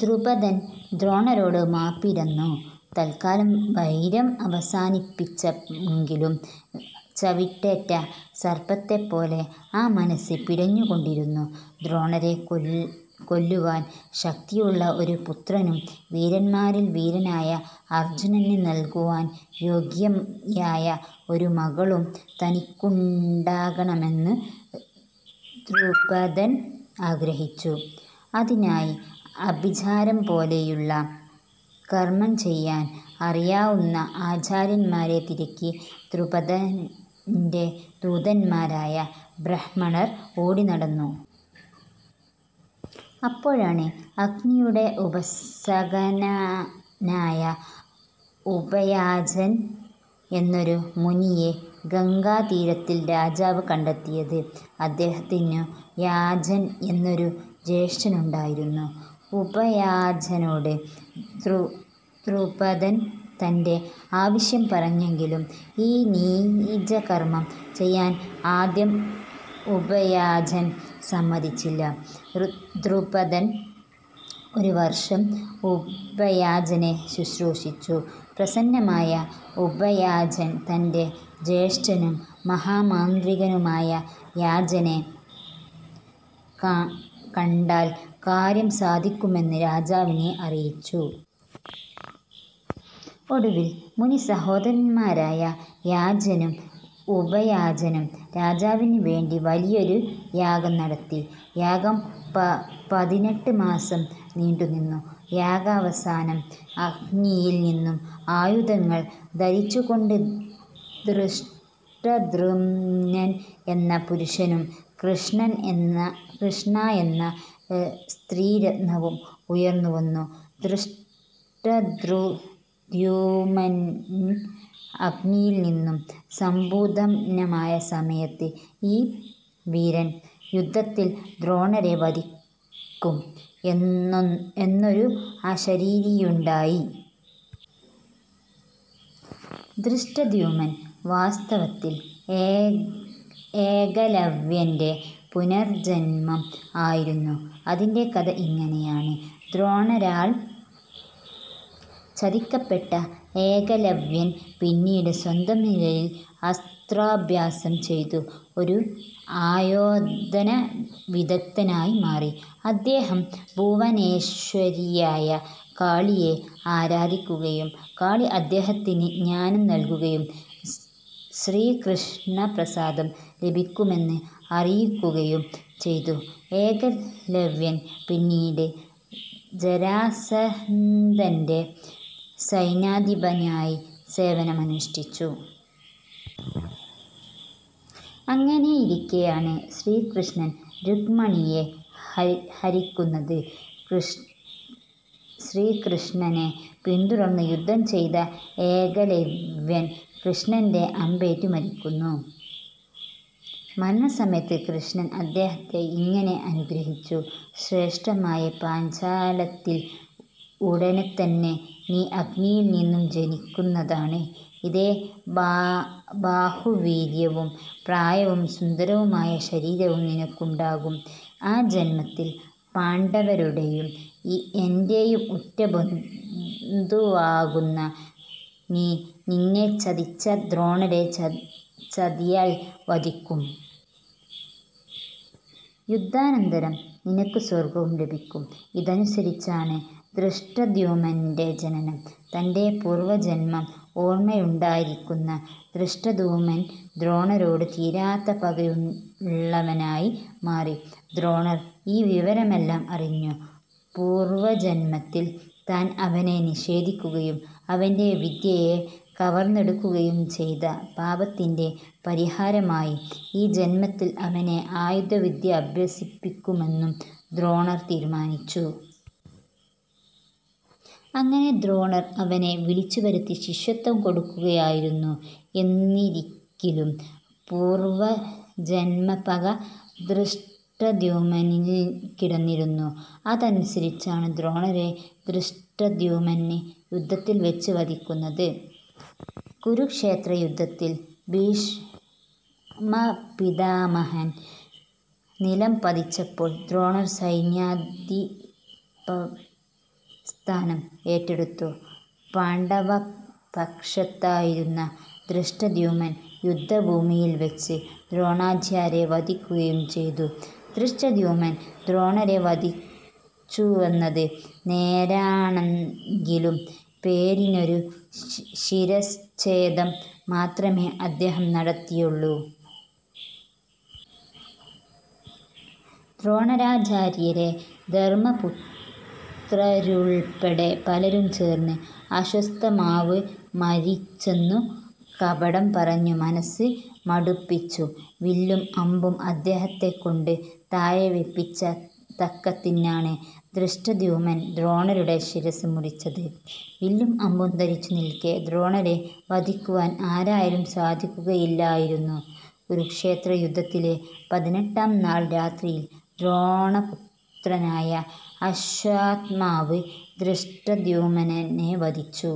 ദ്രുപദൻ ദ്രോണരോട് മാപ്പിരന്നു തൽക്കാലം വൈരം അവസാനിപ്പിച്ചെങ്കിലും ചവിട്ടേറ്റ സർപ്പത്തെപ്പോലെ ആ മനസ്സ് പിടഞ്ഞുകൊണ്ടിരുന്നു. ദ്രോണരെ കൊല്ലുവാൻ ശക്തിയുള്ള ഒരു പുത്രനും വീരന്മാരിൽ വീരനായ അർജുനന് നൽകുവാൻ യോഗ്യയായ ഒരു മകളും തനിക്കുണ്ടാകണമെന്നു ദ്രുപദൻ ആഗ്രഹിച്ചു. അതിനായി ആഭിചാരം പോലെയുള്ള കർമ്മം ചെയ്യാൻ അറിയാവുന്ന ആചാര്യന്മാരെ തിരക്കി ദ്രുപദൻ്റെ ദൂതന്മാരായ ബ്രാഹ്മണർ ഓടിനടന്നു. അപ്പോഴാണ് അഗ്നിയുടെ ഉപാസകനായ ഉപയാജൻ എന്നൊരു മുനിയെ ഗംഗാതീരത്തിൽ രാജാവ് കണ്ടെത്തിയത്. അദ്ദേഹത്തിനു യാജൻ എന്നൊരു ജ്യേഷ്ഠനുണ്ടായിരുന്നു. ഉപയാജനോട് ദ്രുപദൻ തൻ്റെ ആവശ്യം പറഞ്ഞെങ്കിലും ഈ നീചകർമ്മം ചെയ്യാൻ ആദ്യം ഉപയാജൻ സമ്മതിച്ചില്ല. ദ്രുപദൻ ഒരു വർഷം ഉപയാജനെ ശുശ്രൂഷിച്ചു. പ്രസന്നനായ ഉപയാജൻ തൻ്റെ ജ്യേഷ്ഠനും മഹാമാന്ത്രികനുമായ യാജനെ കണ്ടാൽ കാര്യം സാധിക്കുമെന്ന് രാജാവിനെ അറിയിച്ചു. ഒടുവിൽ മുനി സഹോദരന്മാരായ യാജനും ഉപയാജനും രാജാവിന് വേണ്ടി വലിയൊരു യാഗം നടത്തി. യാഗം പതിനെട്ട് മാസം നീണ്ടുനിന്നു. യാഗാവസാനം അഗ്നിയിൽ നിന്നും ആയുധങ്ങൾ ധരിച്ചുകൊണ്ട് ധൃഷ്ടദ്യുമ്നൻ എന്ന പുരുഷനും കൃഷ്ണ എന്ന സ്ത്രീരത്നവും ഉയർന്നുവന്നു. ധൃഷ്ടദ്യുമ്നൻ അഗ്നിയിൽ നിന്നും സംഭൂതനായ സമയത്ത് ഈ വീരൻ യുദ്ധത്തിൽ ദ്രോണരെ വധിക്കും എന്നൊരു അശരീരിയുണ്ടായി. ധൃഷ്ടദ്യുമ്നൻ വാസ്തവത്തിൽ ഏകലവ്യൻ്റെ പുനർജന്മം ആയിരുന്നു. അതിൻ്റെ കഥ ഇങ്ങനെയാണ്. ദ്രോണരാൽ ചതിക്കപ്പെട്ട ഏകലവ്യൻ പിന്നീട് സ്വന്തം നിലയിൽ അസ്ത്രാഭ്യാസം ചെയ്തു ഒരു ആയോധന വിദഗ്ദ്ധനായി മാറി. അദ്ദേഹം ഭുവനേശ്വരിയായ കാളിയെ ആരാധിക്കുകയും കാളി അദ്ദേഹത്തിന് ജ്ഞാനം നൽകുകയും ശ്രീകൃഷ്ണപ്രസാദം ലഭിക്കുമെന്ന് അറിയിക്കുകയും ചെയ്തു. ഏകലവ്യൻ പിന്നീട് ജരാസന്ധൻ്റെ സൈന്യാധിപനായി സേവനമനുഷ്ഠിച്ചു. അങ്ങനെയിരിക്കെയാണ് ശ്രീകൃഷ്ണൻ രുക്മിണിയെ ഹരിക്കുന്നത്. ശ്രീകൃഷ്ണനെ പിന്തുടർന്നു യുദ്ധം ചെയ്ത ഏകലവ്യൻ കൃഷ്ണൻ്റെ അമ്പേറ്റു മരിക്കുന്നു. മരണസമയത്ത് കൃഷ്ണൻ അദ്ദേഹത്തെ ഇങ്ങനെ അനുഗ്രഹിച്ചു. ശ്രേഷ്ഠമായ പാഞ്ചാലത്തിൽ ഉടനെത്തന്നെ നീ അഗ്നിയിൽ നിന്നും ജനിക്കുന്നതാണ്. ഇതേ ബാഹുവീര്യവും പ്രായവും സുന്ദരമായ ശരീരവും നിനക്കുണ്ടാകും. ആ ജന്മത്തിൽ പാണ്ഡവരുടെയും എൻ്റെയും ഉറ്റ ബന്ധുവാകുന്ന നീ നിന്നെ ചതിച്ച ദ്രോണരെ ചതിയാൽ വധിക്കും. യുദ്ധാനന്തരം നിനക്കു സ്വർഗ്ഗവും ലഭിക്കും. ഇതനുസരിച്ചാണ് ധൃഷ്ടദ്യുമ്നൻ്റെ ജനനം. തൻ്റെ പൂർവജന്മം ഓർമ്മയുണ്ടായിരുന്ന ധൃഷ്ടദ്യുമ്നൻ ദ്രോണരോട് തീരാത്ത പകയുള്ളവനായി മാറി. ദ്രോണർ ഈ വിവരമെല്ലാം അറിഞ്ഞു. പൂർവജന്മത്തിൽ താൻ അവനെ നിഷേധിക്കുകയും അവൻ്റെ വിദ്യയെ കവർന്നെടുക്കുകയും ചെയ്ത പാപത്തിൻ്റെ പരിഹാരമായി ഈ ജന്മത്തിൽ അവനെ ആയുധവിദ്യ അഭ്യസിപ്പിക്കുമെന്നു ദ്രോണർ തീരുമാനിച്ചു. അങ്ങനെ ദ്രോണർ അവനെ വിളിച്ചുവരുത്തി ശിഷ്യത്വം കൊടുക്കുകയായിരുന്നു. എന്നിരിക്കിലും പൂർവജന്മ പക ധൃഷ്ടദ്യുമ്നനിൽ കിടന്നിരുന്നു. അതനുസരിച്ചാണ് ദ്രോണരെ ധൃഷ്ടദ്യുമ്നൻ യുദ്ധത്തിൽ വച്ച് വധിക്കുന്നത്. കുരുക്ഷേത്രയുദ്ധത്തിൽ ഭീഷ്മപിതാമഹൻ നിലംപതിച്ചപ്പോൾ ദ്രോണർ സൈന്യാധിപസ്ഥാനം ഏറ്റെടുത്തു. പാണ്ഡവപക്ഷത്തായിരുന്ന ധൃഷ്ടദ്യുമ്നൻ യുദ്ധഭൂമിയിൽവച്ച് ദ്രോണാചാര്യരെ വധിക്കുകയും ചെയ്തു. ധൃഷ്ടദ്യുമ്നൻ ദ്രോണരെ വധിച്ചുവെന്നത് നേരാണെങ്കിലും പേരിനൊരു ശിരച്ഛേദം മാത്രമേ അദ്ദേഹം നടത്തിയുള്ളൂ. ദ്രോണാചാര്യരെ ധർമ്മപുത്രരുൾപ്പെടെ പലരും ചേർന്ന് അശ്വത്ഥാമാവ് മരിച്ചെന്നു കപടം പറഞ്ഞു മനസ്സ് മടുപ്പിച്ചു വില്ലും അമ്പും അദ്ദേഹത്തെക്കൊണ്ട് താഴെ വയ്പിച്ച തക്കത്തിനാണ് ധൃഷ്ടദ്യുമ്നൻ ദ്രോണരുടെ ശിരസ്സ് മുറിച്ചത്. വില്ലും അമ്പും ധരിച്ചു നിൽക്കെ ദ്രോണരെ വധിക്കുവാൻ ആരാലും സാധിക്കുകയില്ലായിരുന്നു. കുരുക്ഷേത്രയുദ്ധത്തിലെ പതിനെട്ടാം നാൾ രാത്രിയിൽ ദ്രോണപുത്രനായ അശ്വത്ഥാമാവ് ധൃഷ്ടദ്യുമ്നനെ വധിച്ചു.